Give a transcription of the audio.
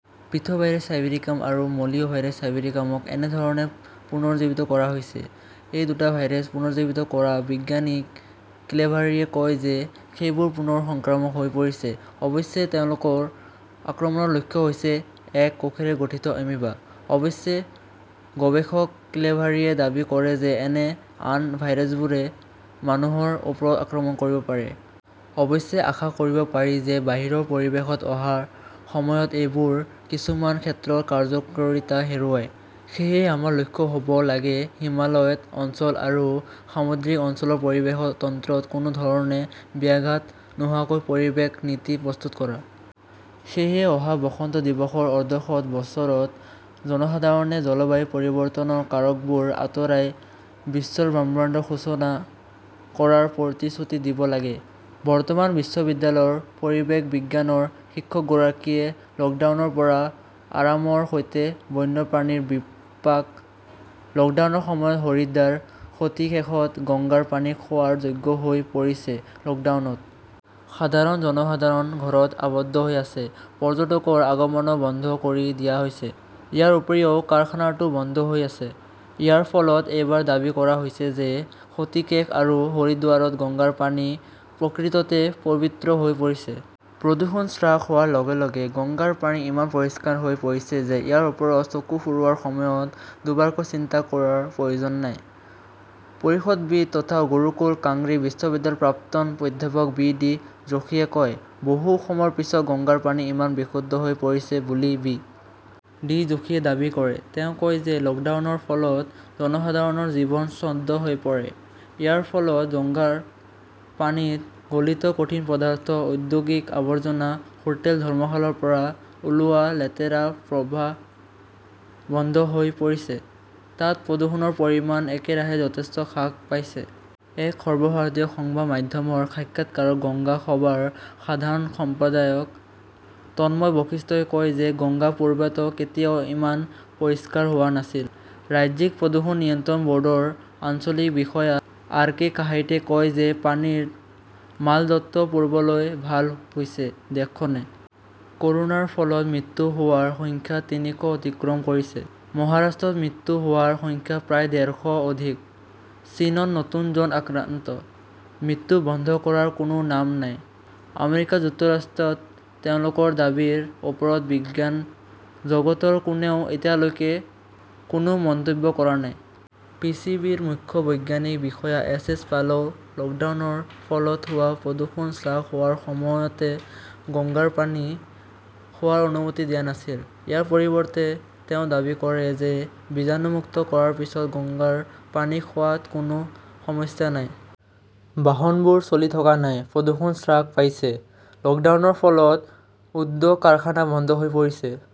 Pithovirus sibericum আৰু Mollivirus চাইবেৰিকামক একেধৰণে পুনৰুজ্জীৱিত কৰা হৈছে। এই দুটা ভাইৰাছ পুনৰুজ্জীৱিত কৰা বিজ্ঞানী ক্লেভাৰীয়ে কয় যে সেইবোৰ পুনৰ সংক্ৰামক হৈ পৰিছে। অৱশ্যে, তেওঁলোকৰ আক্ৰমণৰ লক্ষ্য হৈছে এক কোষেৰে গঠিত আমিবা। অৱশ্যে, গৱেষক ক্লেভাৰীয়ে দাবী কৰে যে এনে আন ভাইৰাছবোৰে মানুহৰ ওপৰত আক্ৰমণ কৰিব পাৰে। অৱশ্যে, আশা কৰিব পাৰি যে বাহিৰৰ পৰিৱেশত অহাৰ সময়ত এইবোৰে কিছুমান ক্ষেত্ৰত কাৰ্য্যকৰীতা হেৰুৱায়। সেয়েহে আমাৰ লক্ষ্য হব লাগে, হিমায়িত অঞ্চল আৰু সামুদ্ৰিক অঞ্চলৰ পৰিৱেশ তন্ত্ৰত কোনো ধৰণে ব্যাঘাত নোহোৱাকৈ পৰিৱেশ নীতি প্ৰস্তুত কৰা। সেয়েহে অহা বসন্ত দিৱসৰ অৰ্ধশত বছৰত জনসাধাৰণে জলবায়ু পৰিৱৰ্তনৰ কাৰকবোৰ আঁতৰাই বিশ্বব্ৰহ্মাণ্ডৰ সূচনা কৰাৰ প্ৰতিশ্ৰুতি দিব লাগে। বৰ্ধমান বিশ্ববিদ্যালয়ৰ পৰিৱেশ বিজ্ঞানৰ শিক্ষকগৰাকীয়ে লকডাউনৰ পৰা আৰামৰ সৈতে বন্যপ্ৰাণীৰ বিপাক, লকডাউনৰ সময়ত হৰিদ্বাৰ, ঋষিকেশত গংগাৰ পানী খোৱাৰ যোগ্য হৈ পৰিছে। লকডাউনত সাধাৰণ জনসাধাৰণ ঘৰত আবদ্ধ হৈ আছে। পৰ্যটকৰ আগমনও বন্ধ কৰি দিয়া হৈছে। ইয়াৰ উপৰিও, কাৰখানাটো বন্ধ হৈ আছে। ইয়াৰ ফলত এইবাৰ দাবী কৰা হৈছিল যে ঋষিকেশ আৰু হৰিদ্বাৰত গংগাৰ পানী প্ৰকৃততে 'পৱিত্ৰ হৈ পৰিছে। প্ৰদূষণ হ্ৰাস হোৱাৰ লগে-লগে গংগাৰ পানী ইমান পৰিষ্কাৰ হৈ পৰিছে যে ইয়াৰ ওপৰত চকু ফুৰোৱাৰ সময়ত দুবাৰকৈ চিন্তা কৰাৰ প্ৰয়োজন নাই, পৰিৱেশবিদ তথা গুৰুকুল কাংৰী বিশ্ববিদ্যালয়ৰ প্ৰাক্তন অধ্যাপক বি. ডি. যোশীয়ে কয়। বহু সময়ৰ পিছত গংগাৰ পানী ইমান বিশুদ্ধ হৈ পৰিছে বুলি বি. ডি. যোশীয়ে দাবী কৰে। তেওঁ কয় যে লকডাউনৰ ফলত জনসাধাৰণৰ জীৱন স্তব্ধ হৈ পৰিছে। ইয়াৰ ফলত গংগাৰ পানীত গলিত কঠিন পদাৰ্থ, ঔদ্যোগিক আৱৰ্জনা, হোটেল-ধৰ্মশালাৰ পৰা ওলোৱা লেতেৰা প্ৰবাহ বন্ধ হৈ পৰিছে। তাত প্ৰদূষণৰ পৰিমাণ একেৰাহে যথেষ্ট হ্ৰাস পাইছে। এক সৰ্বভাৰতীয় সংবাদ মাধ্যমৰ সাক্ষাৎকাৰত গংগা সভাৰ সাধাৰণ সম্পাদক তন্ময় বশিষ্ঠই কয় যে গংগা পূৰ্বতে কেতিয়াও ইমান পৰিষ্কাৰ হোৱা নাছিল। ৰাজ্যিক প্ৰদূষণ নিয়ন্ত্ৰণ বৰ্ডৰ আঞ্চলিক বিষয়া আৰ. কে. কাহাইটে কয় যে পানীৰ মানদণ্ডও পূৰ্বতকৈ ভাল হৈছে। দেশখনে কৰোনাৰ ফলত মৃত্যু হোৱাৰ সংখ্যা তিনিশ অতিক্ৰম কৰিছে, মহাৰাষ্ট্ৰত মৃত্যু হোৱাৰ সংখ্যা প্ৰায় ডেৰ শ অধিকঃ চীনত নতুন জন আক্ৰান্ত, মৃত্যু বন্ধ কৰাৰ কোনো নাম নাই আমেৰিকা যুক্তৰাষ্ট্ৰত তেওঁলোকৰ দাবীৰ ওপৰত বিজ্ঞান জগতৰ কোনেও এতিয়ালৈকে কোনো মন্তব্য কৰা নাই। পি. চি. বি. -ৰ মুখ্য বৈজ্ঞানিক বিষয়া এছ. এছ. পালেও লকডাউনৰ ফলত হোৱা প্ৰদূষণ হ্ৰাস হোৱাৰ সময়তে গংগাৰ পানী খোৱাৰ অনুমতি দিয়া নাছিল। ইয়াৰ পৰিৱৰ্তে, তেওঁ দাবী কৰে যে জীৱাণুমুক্ত কৰাৰ পিছত গংগাৰ পানী খোৱাত কোনো সমস্যা নাই। বাহনবোৰ চলি থকা নাই, প্ৰদূষণ হ্ৰাস পাইছে 'লকডাউন ৰ ফলত উদ্যোগ-কাৰখানা বন্ধ হৈ পৰিছে।